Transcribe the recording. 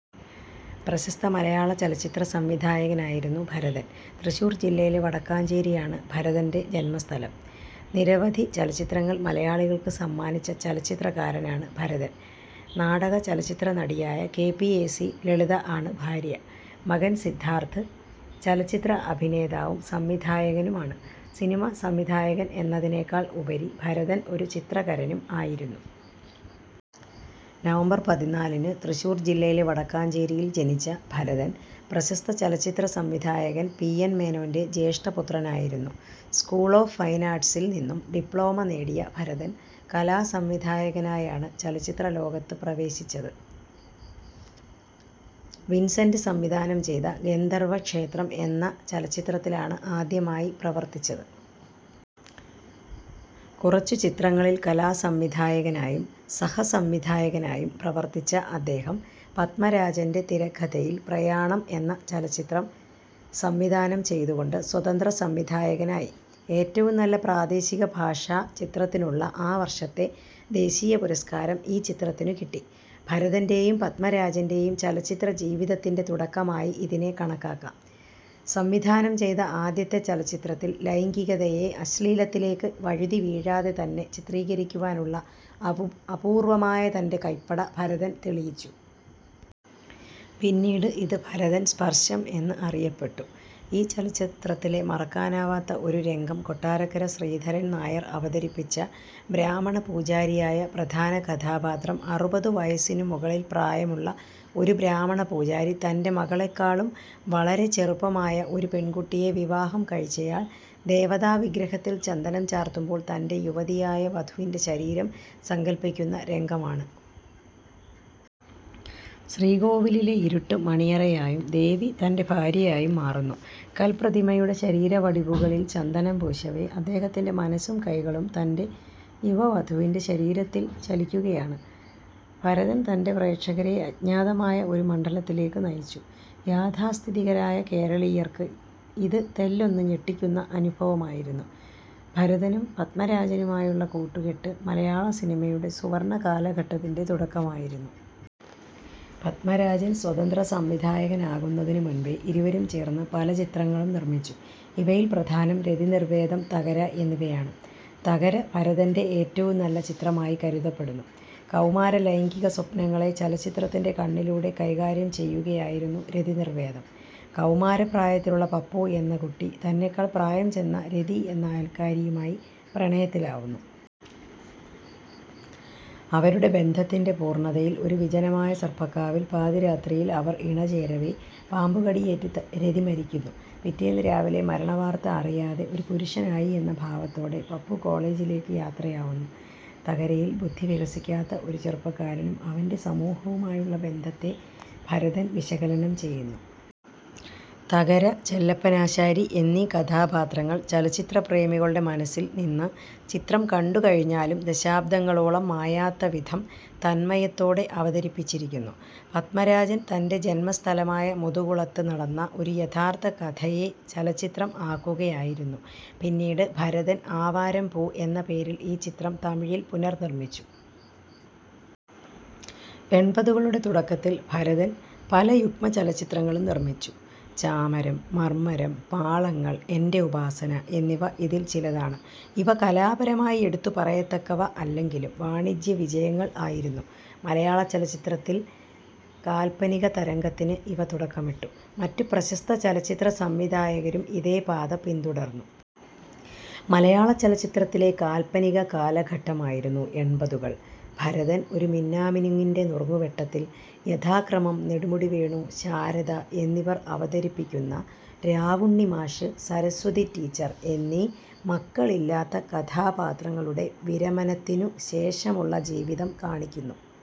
പ്രശസ്ത മലയാള ചലച്ചിത്ര സംവിധായകനായിരുന്നു ഭരതൻ. തൃശ്ശൂർ ജില്ലയിലെ വടക്കാഞ്ചേരി ആണ് ഭരതൻ്റെ ജന്മസ്ഥലം. നിരവധി ചലച്ചിത്രങ്ങൾ മലയാളികൾക്ക് സമ്മാനിച്ച ചലച്ചിത്രകാരനാണ് ഭരതൻ. നാടക ചലച്ചിത്രനടിയായ K. P. A. C. Lalitha ആണ് ഭാര്യ. മകൻ സിദ്ധാർഥ് ചലച്ചിത്ര അഭിനേതാവും സംവിധായകനുമാണ്. സിനിമ സംവിധായകൻ എന്നതിനെക്കാൾ ഉപരി ഭരതൻ ഒരു ചിത്രകരനും ആയിരുന്നു. നവംബർ പതിനാലിന് തൃശ്ശൂർ ജില്ലയിലെ വടക്കാഞ്ചേരിയിൽ ജനിച്ച ഭരതൻ പ്രശസ്ത ചലച്ചിത്രസംവിധായകൻ പി. എൻ. മേനോൻ്റെ ജ്യേഷ്ഠപുത്രനായിരുന്നു. സ്കൂൾ ഓഫ് ഫൈൻ ആർട്ട്സിൽ നിന്നും ഡിപ്ലോമ നേടിയ ഭരതൻ കലാസംവിധായകനായാണ് ചലച്ചിത്രലോകത്ത് പ്രവേശിച്ചത്. വിൻസെൻ്റ് സംവിധാനം ചെയ്ത ഗന്ധർവ ക്ഷേത്രം എന്ന ചലച്ചിത്രത്തിലാണ് ആദ്യമായി പ്രവർത്തിച്ചത്. കുറച്ചു ചിത്രങ്ങളിൽ കലാസംവിധായകനായും സഹസംവിധായകനായും പ്രവർത്തിച്ച അദ്ദേഹം, പത്മരാജൻ്റെ തിരക്കഥയിൽ പ്രയാണം എന്ന ചലച്ചിത്രം സംവിധാനം ചെയ്തുകൊണ്ട് സ്വതന്ത്രസംവിധായകനായി. ഏറ്റവും നല്ല പ്രാദേശികഭാഷാചിത്രത്തിനുള്ള ആ വർഷത്തെ ദേശീയപുരസ്കാരം ഈ ചിത്രത്തിനു കിട്ടി. ഭരതൻ്റേയും പത്മരാജൻ്റേയും ചലച്ചിത്രജീവിതത്തിൻ്റെ തുടക്കമായി ഇതിനെ കണക്കാക്കാം. സംവിധാനം ചെയ്ത ആദ്യത്തെ ചലച്ചിത്രത്തിൽ ലൈംഗികതയെ അശ്ലീലത്തിലേക്ക് വഴുതിവീഴാതെ തന്നെ ചിത്രീകരിക്കുവാനുള്ള അപൂർവ്വമായ തൻ്റെ കൈപ്പട ഭരതൻ തെളിയിച്ചു. പിന്നീട് ഇത് ഭരതൻ സ്പർശം എന്ന് അറിയപ്പെട്ടു. ഈ ചലച്ചിത്രത്തിലെ മറക്കാനാവാത്ത ഒരു രംഗം കൊട്ടാരക്കര ശ്രീധരൻ നായർ അവതരിപ്പിച്ച ബ്രാഹ്മണപൂജാരിയായ പ്രധാന കഥാപാത്രം അറുപത് വയസ്സിനു മുകളിൽ പ്രായമുള്ള ഒരു ബ്രാഹ്മണ പൂജാരി, തൻ്റെ മകളെക്കാളും വളരെ ചെറുപ്പമായ ഒരു പെൺകുട്ടിയെ വിവാഹം കഴിച്ചയാൾ, ദേവതാ വിഗ്രഹത്തിൽ ചന്ദനം ചാർത്തുമ്പോൾ തൻ്റെ യുവതിയായ വധുവിൻ്റെ ശരീരം സങ്കൽപ്പിക്കുന്ന രംഗമാണ്. ശ്രീകോവിലിലെ ഇരുട്ട് മണിയറയായും ദേവി തൻ്റെ ഭാര്യയായും മാറുന്നു. കൽപ്രതിമയുടെ ശരീരവടിവുകളിൽ ചന്ദനം പൂശവേ അദ്ദേഹത്തിൻ്റെ മനസ്സും കൈകളും തൻ്റെ യുവ വധുവിൻ്റെ ശരീരത്തിൽ ചലിക്കുകയാണ്. ഭരതൻ തൻ്റെ പ്രേക്ഷകരെ അജ്ഞാതമായ ഒരു മണ്ഡലത്തിലേക്കു നയിച്ചു. യാഥാസ്ഥിതികരായ കേരളീയർക്ക് ഇത് തെല്ലൊന്നു ഞെട്ടിക്കുന്ന അനുഭവമായിരുന്നു. ഭരതനും പത്മരാജനുമായുള്ള കൂട്ടുകെട്ട് മലയാള സിനിമയുടെ സുവർണ്ണ കാലഘട്ടത്തിൻ്റെ തുടക്കമായിരുന്നു. പത്മരാജൻ സ്വതന്ത്ര സംവിധായകനാകുന്നതിനു മുൻപേ ഇരുവരും ചേർന്ന് പല ചിത്രങ്ങളും നിർമ്മിച്ചു. ഇവയിൽ പ്രധാനം രതിനിർവ്വേദം, തകര എന്നിവയാണ്. തകര ഭരതൻ്റെ ഏറ്റവും നല്ല ചിത്രമായി കരുതപ്പെടുന്നു. കൗമാര ലൈംഗിക സ്വപ്നങ്ങളെ ചലച്ചിത്രത്തിൻ്റെ കണ്ണിലൂടെ കൈകാര്യം ചെയ്യുകയായിരുന്നു രതിനിർവ്വേദം. കൗമാര പ്രായത്തിലുള്ള പപ്പു എന്ന കുട്ടി തന്നെക്കാൾ പ്രായം ചെന്ന രതി എന്ന അയൽക്കാരിയുമായി പ്രണയത്തിലാവുന്നു. അവരുടെ ബന്ധത്തിൻ്റെ പൂർണ്ണതയിൽ ഒരു വിജനമായ സർപ്പക്കാവിൽ പാതിരാത്രിയിൽ ഇവർ ഇണചേരവേ പാമ്പുകടിയേറ്റ് രതി മരിക്കുന്നു. പിറ്റേന്ന് രാവിലെ മരണ വാർത്ത അറിയാതെ, ഒരു പുരുഷൻ ആയി എന്ന ഭാവത്തോടെ പപ്പു കോളേജിലേക്ക് യാത്രയാവുന്നു. തകരയിൽ ബുദ്ധി വികസിക്കാത്ത ഒരു ചെറുപ്പക്കാരനും അവൻ്റെ സമൂഹവുമായുള്ള ബന്ധത്തെ ഭരതൻ വിശകലനം ചെയ്യുന്നു. തകര, ചെല്ലപ്പനാശാരി എന്നീ കഥാപാത്രങ്ങൾ ചലച്ചിത്രപ്രേമികളുടെ മനസ്സിൽ നിന്ന് ചിത്രം കണ്ടു കഴിഞ്ഞാലും ദശാബ്ദങ്ങളോളം മായാത്ത വിധം തന്മയത്തോടെ അവതരിപ്പിച്ചിരിക്കുന്നു. പത്മരാജൻ തൻ്റെ ജന്മസ്ഥലമായ മുതുകുളത്ത് നടന്ന ഒരു യഥാർത്ഥ കഥയെ ചലച്ചിത്രം ആക്കുകയായിരുന്നു. പിന്നീട് ഭരതൻ ആവാരം പൂ എന്ന പേരിൽ ഈ ചിത്രം തമിഴിൽ പുനർനിർമ്മിച്ചു. എൺപതുകളുടെ തുടക്കത്തിൽ ഭരതൻ പല യുഗ്മ ചലച്ചിത്രങ്ങളും നിർമ്മിച്ചു. 'ചാമരം, മർമ്മരം, പാളങ്ങൾ, എൻ്റെ ഉപാസന' എന്നിവ ഇതിൽ ചിലതാണ്. ഇവ കലാപരമായി എടുത്തുപറയത്തക്കവ അല്ലെങ്കിലും വാണിജ്യ വിജയങ്ങൾ ആയിരുന്നു. മലയാളചലച്ചിത്രത്തിൽ കാല്പനിക തരംഗത്തിന് ഇവ തുടക്കമിട്ടു. മറ്റ് പ്രശസ്ത ചലച്ചിത്രസംവിധായകരും ഇതേ പാത പിന്തുടർന്നു. മലയാളചലച്ചിത്രത്തിലെ കാല്പനിക കാലഘട്ടമായിരുന്നു എൺപതുകൾ. ഭരതൻ, ഒരു മിന്നാമിനുങ്ങിൻ്റെ നുറുങ്ങുവെട്ടത്തിൽ, യഥാക്രമം നെടുമുടി വേണു ശാരദ എന്നിവർ അവതരിപ്പിക്കുന്ന രാവുണ്ണിമാഷ്, സരസ്വതി ടീച്ചർ എന്നീ മക്കളില്ലാത്ത കഥാപാത്രങ്ങളുടെ, വിരമനത്തിനു ശേഷമുള്ള ജീവിതം കാണിക്കുന്നു.